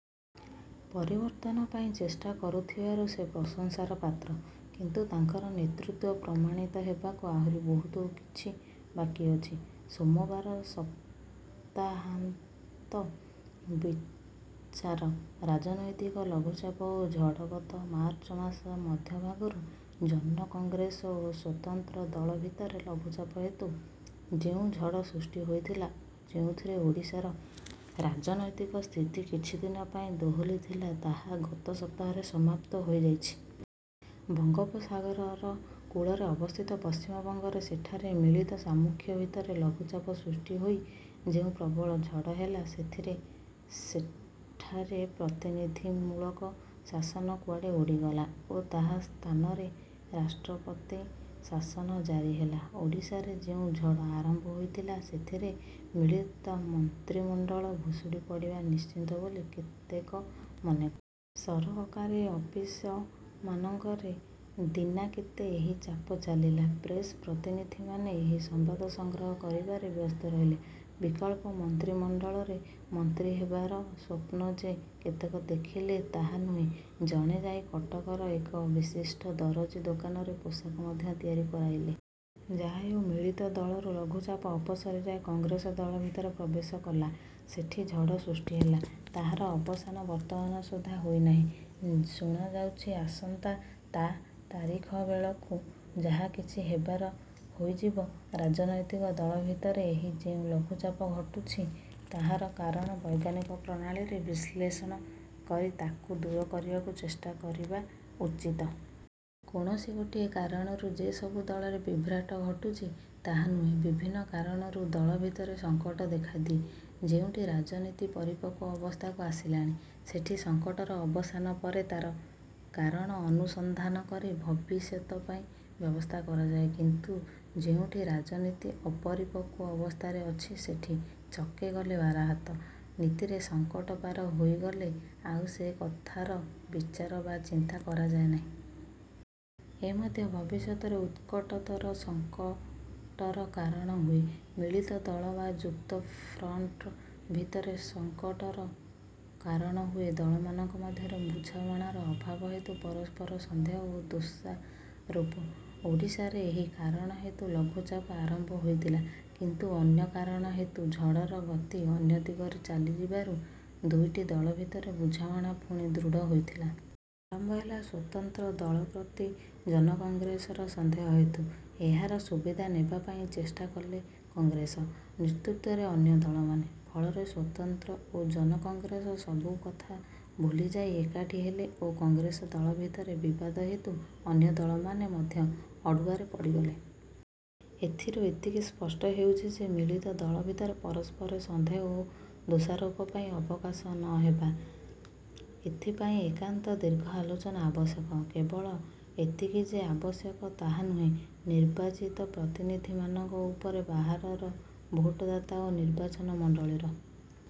ପରିବର୍ତ୍ତନ ପାଇଁ ଚେଷ୍ଟା କରୁଥିବାରୁ ସେ ପ୍ରଶଂସାର ପାତ୍ର; କିନ୍ତୁ ତାଙ୍କର ନେତୃତ୍ୱ ପ୍ରମାଣିତ ହେବାକୁ ଆହୁରି ବହୁତ କିଛି ବାକି ଅଛି। ସୋମବାର ସପ୍ତାହାନ୍ତ ବିଚାର, ରାଜନୈତିକ ଲଘୁଚାପ ଓ ଝଡ଼ ଗତ ମାର୍ଚ୍ଚ ମାସ ମଧ୍ୟଭାଗରୁ ଜନ-କଂଗ୍ରେସ ଓ ସ୍ୱତନ୍ତ୍ର ଦଳ ଭିତରେ ଲଘୁଚାପ ହେତୁ ଯେଉଁ ଝଡ଼ ସୃଷ୍ଟି ହୋଇଥିଲା ଓ ଯେଉଁଥିରେ ଓଡ଼ିଶାର ରାଜନୈତିକ ସ୍ଥିତି କିଛିଦିନ ପାଇଁ ଦୋହଲିଥିଲା, ତାହା ଗତ ସପ୍ତାହରେ ସମାପ୍ତ ହୋଇଯାଇଛି। ବଙ୍ଗୋପସାଗରର କୂଳରେ ଅବସ୍ଥିତ ପଶ୍ଚିମବଙ୍ଗରେ ସେଠାରେ ମିଳିତ ସାମ୍ମୁଖ୍ୟ ଭିତରେ ଲଘୁଚାପ ସୃଷ୍ଟି ହୋଇ ଯେଉଁ ପ୍ରବଳ ଝଡ଼ ହେଲା, ସେଥିରେ ସେଠାରେ ପ୍ରତିନିଧିମୂଳକ ଶାସନ କୁଆଡ଼େ ଉଡ଼ିଗଲା ଓ ତାହା ସ୍ଥାନରେ ରାଷ୍ଟ୍ରପତି ଶାସନ ଜାରି ହେଲା। ଓଡ଼ିଶାରେ ଯେଉଁ ଝଡ଼ ଆରମ୍ଭ ହୋଇଥିଲା, ସେଥିରେ ମିଳିତ ମନ୍ତ୍ରିମଣ୍ଡଳ ଭୁଷୁଡ଼ି ପଡ଼ିବା ନିଶ୍ଚିତ ବୋଲି କେତେକ ମନେକଲେ। ସରକାରୀ ଅଫିସମାନଙ୍କରେ ଦିନାକେତେ ଏହି ଚାପ ଚାଲିଲା। ପ୍ରେସ ପ୍ରତିନିଧିମାନେ ଏହି ସମ୍ବାଦ ସଂଗ୍ରହ କରିବାରେ ବ୍ୟସ୍ତ ରହିଲେ। ବିକଳ୍ପ ମନ୍ତ୍ରିମଣ୍ଡଳରେ ମନ୍ତ୍ରୀ ହେବାର ସ୍ୱପ୍ନ ଯେ କେତେକ ଦେଖିଲେ ତାହା ନୁହେଁ, ଜଣେ ଯାଇ କଟକର ଏକ ବିଶିଷ୍ଟ ଦରଜି ଦୋକାନରେ ପୋଷାକ ମଧ୍ୟ ତିଆରି କରାଇଲେ। ଯାହାହେଉ ମିଳିତ ଦଳରୁ ଲଘୁଚାପ ଅପସରି ଯାଇ କଂଗ୍ରେସ ଦଳ ଭିତରେ ପ୍ରବେଶ କଲା। ସେଠି ଝଡ଼ ସୃଷ୍ଟି ହେଲା। ତାହାର ଅବସାନ ବର୍ତ୍ତମାନ ସୁଦ୍ଧା ହୋଇନାହିଁ। ଶୁଣାଯାଉଛି ଆସନ୍ତା ତା ତାରିଖ ବେଳକୁ ଯାହା କିଛି ହେବାର ହୋଇଯିବ। ରାଜନୈତିକ ଦଳ ଭିତରେ ଏହି ଯେଉଁ ଲଘୁଚାପ ଘଟୁଛି ତାହାର କାରଣ ବୈଜ୍ଞାନିକ ପ୍ରଣାଳୀରେ ବିଶ୍ଳେଷଣ କରି ତାକୁ ଦୂର କରିବାକୁ ଚେଷ୍ଟା କରିବା ଉଚିତ। କୌଣସି ଗୋଟିଏ କାରଣରୁ ଯେ ସବୁ ଦଳରେ ବିଭ୍ରାଟ ଘଟୁଛି, ତାହା ନୁହେଁ। ବିଭିନ୍ନ କାରଣରୁ ଦଳ ଭିତରେ ସଂକଟ ଦେଖାଦିଏ। ଯେଉଁଠି ରାଜନୀତି ପରିପକ୍ୱ ଅବସ୍ଥାକୁ ଆସିଲାଣି, ସେଠି ସଂକଟର ଅବସାନ ପରେ ତା'ର କାରଣ ଅନୁସନ୍ଧାନ କରି ଭବିଷ୍ୟତ ପାଇଁ ବ୍ୟବସ୍ଥା କରାଯାଏ; କିନ୍ତୁ ଯେଉଁଠି ରାଜନୀତି ଅପରିପକ୍ୱ ଅବସ୍ଥାରେ ଅଛି ସେଠି ''ଚକେ ଗଲେ ବାରହାତ'' ନୀତିରେ ସଂକଟ ପାର ହୋଇଗଲେ ଆଉ ସେ କଥାର ବିଚାର ବା ଚିନ୍ତା କରାଯାଏ ନାହିଁ। ଏ ମଧ୍ୟ ଭବିଷ୍ୟତରେ ଉତ୍କଟତର ସଂକଟର କାରଣ ହୁଏ। ମିଳିତ ଦଳ ବା ଯୁକ୍ତଫ୍ରଣ୍ଟ ଭିତରେ ସଂକଟର କାରଣ ହୁଏ ଦଳମାନଙ୍କ ମଧ୍ୟରେ ବୁଝାମଣାର ଅଭାବ ହେତୁ ପରସ୍ପର ସନ୍ଦେହ ଓ ଦୋଷାରୋପ। ଓଡ଼ିଶାରେ ଏହି କାରଣ ହେତୁ ଲଘୁଚାପ ଆରମ୍ଭ ହୋଇଥିଲା; କିନ୍ତୁ ଅନ୍ୟ କାରଣ ହେତୁ ଝଡ଼ର ଗତି ଅନ୍ୟ ଦିଗରେ ଚାଲିଯିବାରୁ ଦୁଇଟି ଦଳ ଭିତରେ ବୁଝାମଣା ପୁଣି ଦୃଢ଼ ହୋଇଥିଲା। ଆରମ୍ଭ ହେଲା ସ୍ୱତନ୍ତ୍ର ଦଳ ପ୍ରତି ଜନକଂଗ୍ରେସର ସନ୍ଦେହ ହେତୁ। ଏହାର ସୁବିଧା ନେବାପାଇଁ ଚେଷ୍ଟା କଲେ କଂଗ୍ରେସ ନେତୃତ୍ୱରେ ଅନ୍ୟ ଦଳମାନେ। ଫଳରେ ସ୍ୱତନ୍ତ୍ର ଓ ଜନକଂଗ୍ରେସ ସବୁକଥା ଭୁଲିଯାଇ ଏକାଠି ହେଲେ ଓ କଂଗ୍ରେସ ଦଳ ଭିତରେ ବିବାଦ ହେତୁ ଅନ୍ୟ ଦଳମାନେ ମଧ୍ୟ ଅଡ଼ୁଆରେ ପଡ଼ିଗଲେ। ଏଥିରୁ ଏତିକି ସ୍ପଷ୍ଟ ହେଉଛି ଯେ ମିଳିତ ଦଳ ଭିତରେ ପରସ୍ପର ସନ୍ଦେହ ଓ ଦୋଷାରୋପ ପାଇଁ ଅବକାଶ ନ ଦେବା। ଏଥିପାଇଁ ଏକାନ୍ତ ଦୀର୍ଘ ଆଲୋଚନା ଆବଶ୍ୟକ। କେବଳ ଏତିକି ଯେ ଆବଶ୍ୟକ ତାହା ନୁହେଁ। ନିର୍ବାଚିତ ପ୍ରତିନିଧିମାନଙ୍କ ଉପରେ ବାହାରର ଭୋଟଦାତା ଓ ନିର୍ବାଚନ ମଣ୍ଡଳୀର